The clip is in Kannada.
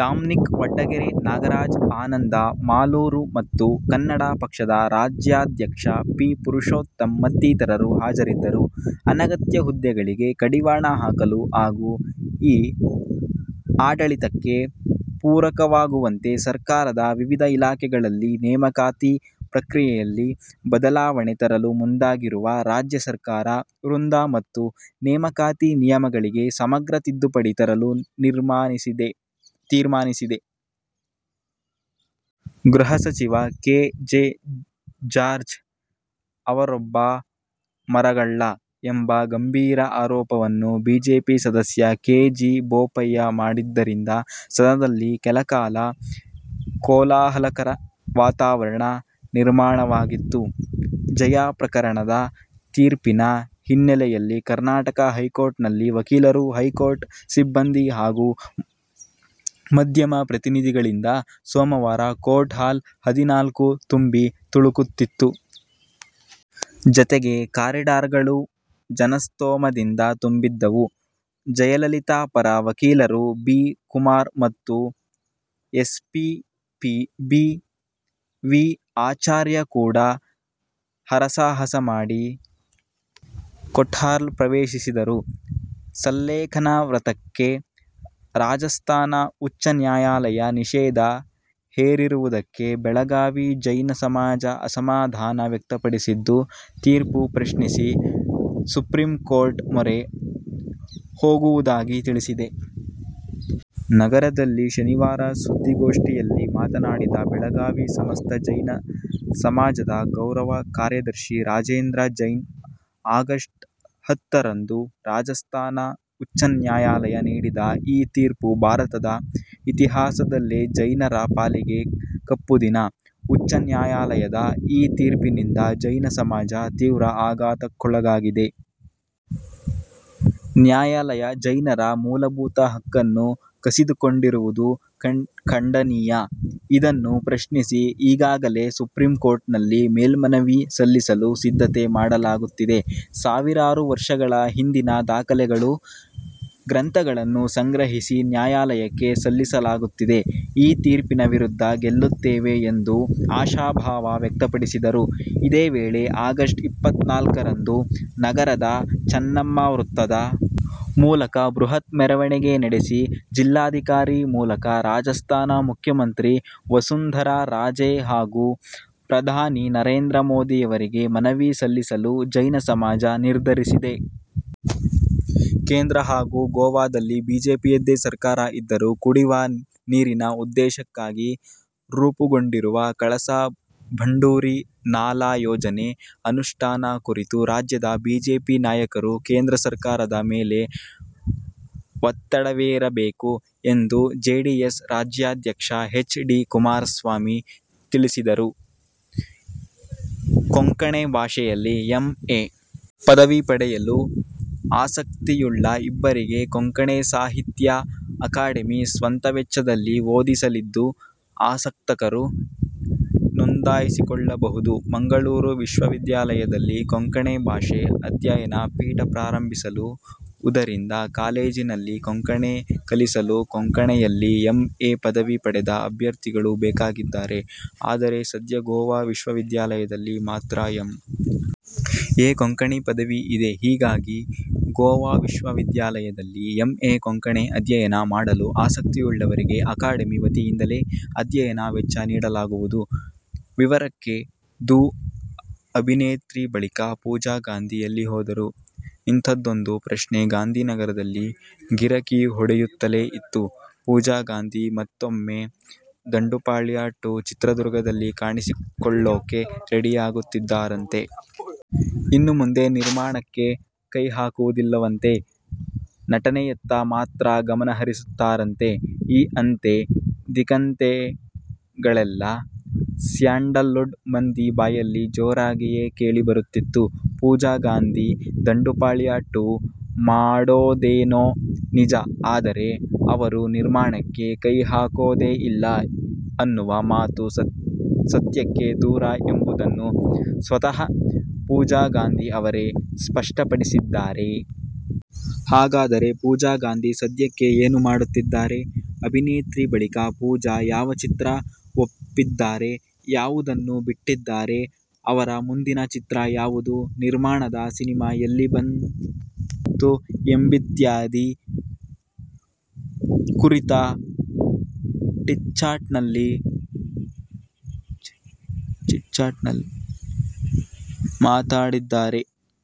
ಡಾಮ್ನಿಕ್, ವಡ್ಡಗೆರೆ ನಾಗರಾಜ್, ಆನಂದ ಮಾಲೂರ್ ಮತ್ತು ಕನ್ನಡ ಪಕ್ಷದ ರಾಜ್ಯಾಧ್ಯಕ್ಷ ಪಿ. ಪುರುಷೋತ್ತಮ್ ಮತ್ತಿತರರು ಹಾಜರಿದ್ದರು. ಅನಗತ್ಯ ಹುದ್ದೆಗಳಿಗೆ ಕಡಿವಾಣ ಹಾಕಲು ಹಾಗೂ ಇ-ಆಡಳಿತಕ್ಕೆ ಪೂರಕವಾಗುವಂತೆ ಸರ್ಕಾರದ ವಿವಿಧ ಇಲಾಖೆಗಳಲ್ಲಿ ನೇಮಕಾತಿ ಪ್ರಕ್ರಿಯೆಯಲ್ಲಿ ಬದಲಾವಣೆ ತರಲು ಮುಂದಾಗಿರುವ ರಾಜ್ಯ ಸರ್ಕಾರ ವೃಂದ ಮತ್ತು ನೇಮಕಾತಿ ನಿಯಮಗಳಿಗೆ ಸಮಗ್ರ ತಿದ್ದುಪಡಿ ತರಲು ತೀರ್ಮಾನಿಸಿದೆ. ಗೃಹ ಸಚಿವ ಕೆ. ಜೆ. ಜಾರ್ಜ್ ಅವರೊಬ್ಬ ಮರಗಳ್ಳ ಎಂಬ ಗಂಭೀರ ಆರೋಪವನ್ನು ಬಿಜೆಪಿ ಸದಸ್ಯ ಕೆ. ಜಿ. ಬೋಪಯ್ಯ ಮಾಡಿದ್ದರಿಂದ ಸದನದಲ್ಲಿ ಕೆಲಕಾಲ ಕೋಲಾಹಲಕರ ವಾತಾವರಣ ನಿರ್ಮಾಣವಾಗಿತ್ತು. ಜಯಾ ಪ್ರಕರಣದ ತೀರ್ಪಿನ ಹಿನ್ನೆಲೆಯಲ್ಲಿ ಕರ್ನಾಟಕ ಹೈಕೋರ್ಟಲ್ಲಿ ವಕೀಲರು, ಹೈಕೋರ್ಟ್ ಸಿಬ್ಬಂದಿ ಹಾಗೂ ಮಧ್ಯಮ ಪ್ರತಿನಿಧಿಗಳಿಂದ ಸೋಮವಾರ ಕೊರ್ಟ್ ಹಾಲ್ ಹದಿನಾಲ್ಕು ತುಂಬಿ ತುಳುಕುತ್ತಿತ್ತು. ಜತೆಗೆ, ಕಾರಿಡಾರ್ಗಳು ಜನಸ್ತೋಮದಿಂದ ತುಂಬಿದ್ದವು. ಜಯಲಲಿತಾ ಪರ ವಕೀಲರು ಬಿ. ಕುಮಾರ್ ಮತ್ತು ಎಸ್ಪಿಪಿ ಬಿ. ವಿ. ಆಚಾರ್ಯ ಕೂಡ ಹರಸಾಹಸ ಮಾಡಿ ಕೋರ್ಟ್ಹಾಲ್ ಪ್ರವೇಶಿಸಿದರು. ಸಲ್ಲೇಖನ ವ್ರತಕ್ಕೆ ರಾಜಸ್ಥಾನ ಉಚ್ಚ ನ್ಯಾಯಾಲಯ ನಿಷೇಧ ಹೇರಿರುವುದಕ್ಕೆ ಬೆಳಗಾವಿ ಜೈನ ಸಮಾಜ ಅಸಮಾಧಾನ ವ್ಯಕ್ತಪಡಿಸಿದ್ದು, ತೀರ್ಪು ಪ್ರಶ್ನಿಸಿ ಸುಪ್ರಿಂಕೋರ್ಟ್ನ ಮೊರೆ ಹೋಗುವುದಾಗಿ ತಿಳಿಸಿದೆ. ನಗರದಲ್ಲಿ ಶನಿವಾರ ಸುದ್ದಿಗೋಷ್ಠಿಯಲ್ಲಿ ಮಾತನಾಡಿದ ಬೆಳಗಾವಿ ಸಮಸ್ತ ಜೈನ ಸಮಾಜದ ಗೌರವ ಕಾರ್ಯದರ್ಶಿ ರಾಜೇಂದ್ರ ಜೈನ್, ಆಗಸ್ಟ್ ಹತ್ತ ರಂದು ರಾಜಸ್ಥಾನ ಉಚ್ಚನ್ಯಾಯಾಲಯ ನೀಡಿದ ಈ ತೀರ್ಪು ಭಾರತದ ಇತಿಹಾಸದಲ್ಲೇ ಜೈನರ ಪಾಲಿಗೆ ಕಪ್ಪುದಿನ. ಉಚ್ಚ ನ್ಯಾಯಾಲಯದ ಈ ತೀರ್ಪಿನಿಂದ ಜೈನ ಸಮಾಜ ತೀವ್ರ ಆಘಾತಕ್ಕೊಳಗಾಗಿದೆ. ನ್ಯಾಯಾಲಯ ಜೈನರ ಮೂಲಭೂತ ಹಕ್ಕನ್ನು ಕಸಿದುಕೊಂಡಿರುವುದು ಖಂಡನೀಯ. ಇದನ್ನು ಪ್ರಶ್ನಿಸಿ ಈಗಾಗಲೇ ಸುಪ್ರಿಂಕೋರ್ಟ್ನಲ್ಲಿ ಮೇಲ್ಮನವಿ ಸಲ್ಲಿಸಲು ಸಿದ್ಧತೆ ಮಾಡಲಾಗುತ್ತಿದೆ. ಸಾವಿರಾರು ವರ್ಷಗಳ ಹಿಂದಿನ ದಾಖಲೆಗಳು, ಗ್ರಂಥಗಳನ್ನು ಸಂಗ್ರಹಿಸಿ ನ್ಯಾಯಾಲಯಕ್ಕೆ ಸಲ್ಲಿಸಲಾಗುತ್ತಿದೆ. ಈ ತೀರ್ಪಿನ ವಿರುದ್ಧ ಗೆಲ್ಲುತ್ತೇವೆ ಎಂದು ಆಶಾಭಾವ ವ್ಯಕ್ತಪಡಿಸಿದರು. ಇದೇ ವೇಳೆ, ಆಗಸ್ಟ್ ಇಪ್ಪತ್ತ್ನಾಲ್ಕು ರಂದು ನಗರದ ಚನ್ನಮ್ಮ ವೃತ್ತದ ಮೂಲಕ ಬೃಹತ್ ಮೆರವಣಿಗೆ ನಡೆಸಿ ಜಿಲ್ಲಾಧಿಕಾರಿ ಮೂಲಕ ರಾಜಸ್ಥಾನ ಮುಖ್ಯಮಂತ್ರಿ ವಸುಂಧರಾ ರಾಜೇ ಹಾಗೂ ಪ್ರಧಾನಿ ನರೇಂದ್ರ ಮೋದಿಯವರಿಗೆ ಮನವಿ ಸಲ್ಲಿಸಲು ಜೈನ ಸಮಾಜ ನಿರ್ಧರಿಸಿದೆ. ಕೇಂದ್ರ ಹಾಗೂ ಗೋವಾದಲ್ಲಿ ಬಿಜೆಪಿಯದ್ದೇ ಸರ್ಕಾರ ಇದ್ದರೂ ಕುಡಿವ ನೀರಿನ ಉದ್ದೇಶಕ್ಕಾಗಿ ರೂಪುಗೊಂಡಿರುವ ಕಳಸಾ-ಬಂಡೂರಿ ನಾಲಾ ಯೋಜನೆ ಅನುಷ್ಠಾನ ಕುರಿತು ರಾಜ್ಯದ ಬಿಜೆಪಿ ನಾಯಕರು ಕೇಂದ್ರ ಸರ್ಕಾರದ ಮೇಲೆ ಒತ್ತಡವೇರಬೇಕು ಎಂದು ಜೆಡಿಎಸ್ ರಾಜ್ಯಾಧ್ಯಕ್ಷ ಎಚ್. ಡಿ. ಕುಮಾರಸ್ವಾಮಿ ತಿಳಿಸಿದರು. ಕೊಂಕಣಿ ಭಾಷೆಯಲ್ಲಿ ಎಂ. ಎ. ಪದವಿ ಪಡೆಯಲು ಆಸಕ್ತಿಯುಳ್ಳ ಇಬ್ಬರಿಗೆ ಕೊಂಕಣಿ ಸಾಹಿತ್ಯ ಅಕಾಡೆಮಿ ಸ್ವಂತ ವೆಚ್ಚದಲ್ಲಿ ಓದಿಸಲಿದ್ದು, ಆಸಕ್ತರು ನೋಂದಾಯಿಸಿಕೊಳ್ಳಬಹುದು. ಮಂಗಳೂರು ವಿಶ್ವವಿದ್ಯಾಲಯದಲ್ಲಿ ಕೊಂಕಣಿ ಭಾಷಾ ಅಧ್ಯಯನ ಪೀಠ ಪ್ರಾರಂಭಿಸು ವುದರಿಂದ ಕಾಲೇಜಿನಲ್ಲಿ ಕೊಂಕಣಿ ಕಲಿಸಲು ಕೊಂಕಣಿಯಲ್ಲಿ ಎಂ. ಎ ಪದವಿ ಪಡೆದ ಅಭ್ಯರ್ಥಿಗಳು ಬೇಕಾಗಿದ್ದಾರೆ. ಆದರೆ, ಸದ್ಯ ಗೋವಾ ವಿಶ್ವವಿದ್ಯಾಲಯದಲ್ಲಿ ಮಾತ್ರ ಎಂ. ಎ. ಕೊಂಕಣಿ ಪದವಿ ಇದೆ. ಹೀಗಾಗಿ ಗೋವಾ ವಿಶ್ವವಿದ್ಯಾಲಯದಲ್ಲಿ ಎಂ. ಎ. ಕೊಂಕಣಿ ಅಧ್ಯಯನ ಮಾಡಲು ಆಸಕ್ತಿಯುಳ್ಳವರಿಗೆ ಅಕಾಡೆಮಿ ವತಿಯಿಂದಲೇ ಅಧ್ಯಯನ ವೆಚ್ಚ ನೀಡಲಾಗುವುದು. ವಿವರಕ್ಕೆ ದೂ. ಅಭಿನೇತ್ರಿ ಬಳಿಕ ಪೂಜಾ ಗಾಂಧಿ ಎಲ್ಲಿ ಹೋದರು? ಇಂಥದ್ದೊಂದು ಪ್ರಶ್ನೆ ಗಾಂಧಿನಗರದಲ್ಲಿ ಗಿರಕಿ ಹೊಡೆಯುತ್ತಲೇ ಇತ್ತು. ಪೂಜಾ ಗಾಂಧಿ ಮತ್ತೂಮ್ಮೆ ದಂಡುಪಾಳ್ಯ-ಟು ಚಿತ್ರದಲ್ಲಿ ಕಾಣಿಸಿಕೊಳ್ಳೋಕೆ ರೆಡಿಯಾಗುತ್ತಿದ್ದಾರಂತೆ. ಇನ್ನು ಮುಂದೆ ನಿರ್ಮಾಣಕ್ಕೆ ಕೈ ಹಾಕುವುದಿಲ್ಲವಂತೆ. ನಟನೆಯತ್ತ ಮಾತ್ರ ಗಮನಹರಿಸುತ್ತಾರಂತೆ. ಈ ಅಂತೆ-ಧಿಕಂತೆಗಳೆಲ್ಲಾ ಸ್ಯಾಂಡಲ್ವುಡ್ ಮಂದಿ ಬಾಯಲ್ಲಿ ಜೋರಾಗಿಯೇ ಕೇಳಿಬರುತ್ತಿತ್ತು. ಪೂಜಾ ಗಾಂಧಿ ದಂಡುಪಾಳ್ಯ-ಟು ಮಾಡೋದೇನೋ ನಿಜ. ಆದರೆ, ಅವರು ನಿರ್ಮಾಣಕ್ಕೆ ಕೈ ಹಾಕೋದೇ ಇಲ್ಲ ಅನ್ನುವ ಮಾತು ಸತ್ಯಕ್ಕೆ ದೂರ ಎಂಬುದನ್ನು ಸ್ವತಃ ಪೂಜಾ ಗಾಂಧಿ ಅವರೇ ಸ್ಪಷ್ಟಪಡಿಸಿದ್ದಾರೆ. ಹಾಗಾದರೆ ಪೂಜಾ ಗಾಂಧಿ ಸದ್ಯಕ್ಕೆ ಏನು ಮಾಡುತ್ತಿದ್ದಾರೆ. ಅಭಿನೇತ್ರಿ ಬಳಿಕ ಪೂಜಾ ಯಾವ ಚಿತ್ರ ಒಪ್ಪಿದ್ದಾರೆ, ಯಾವುದನ್ನು ಬಿಟ್ಟಿದ್ದಾರೆ, ಅವರ ಮುಂದಿನ ಚಿತ್ರ ಯಾವುದು, ನಿರ್ಮಾಣದ ಸಿನಿಮಾ ಎಲ್ಲಿಗೆ ಬಂತು ಎಂಬಿತ್ಯಾದಿ ಕುರಿತು ಚಿಟ್ಚಾಟ್'ನಲ್ಲಿ ಮಾತಾಡಿದ್ದಾರೆ.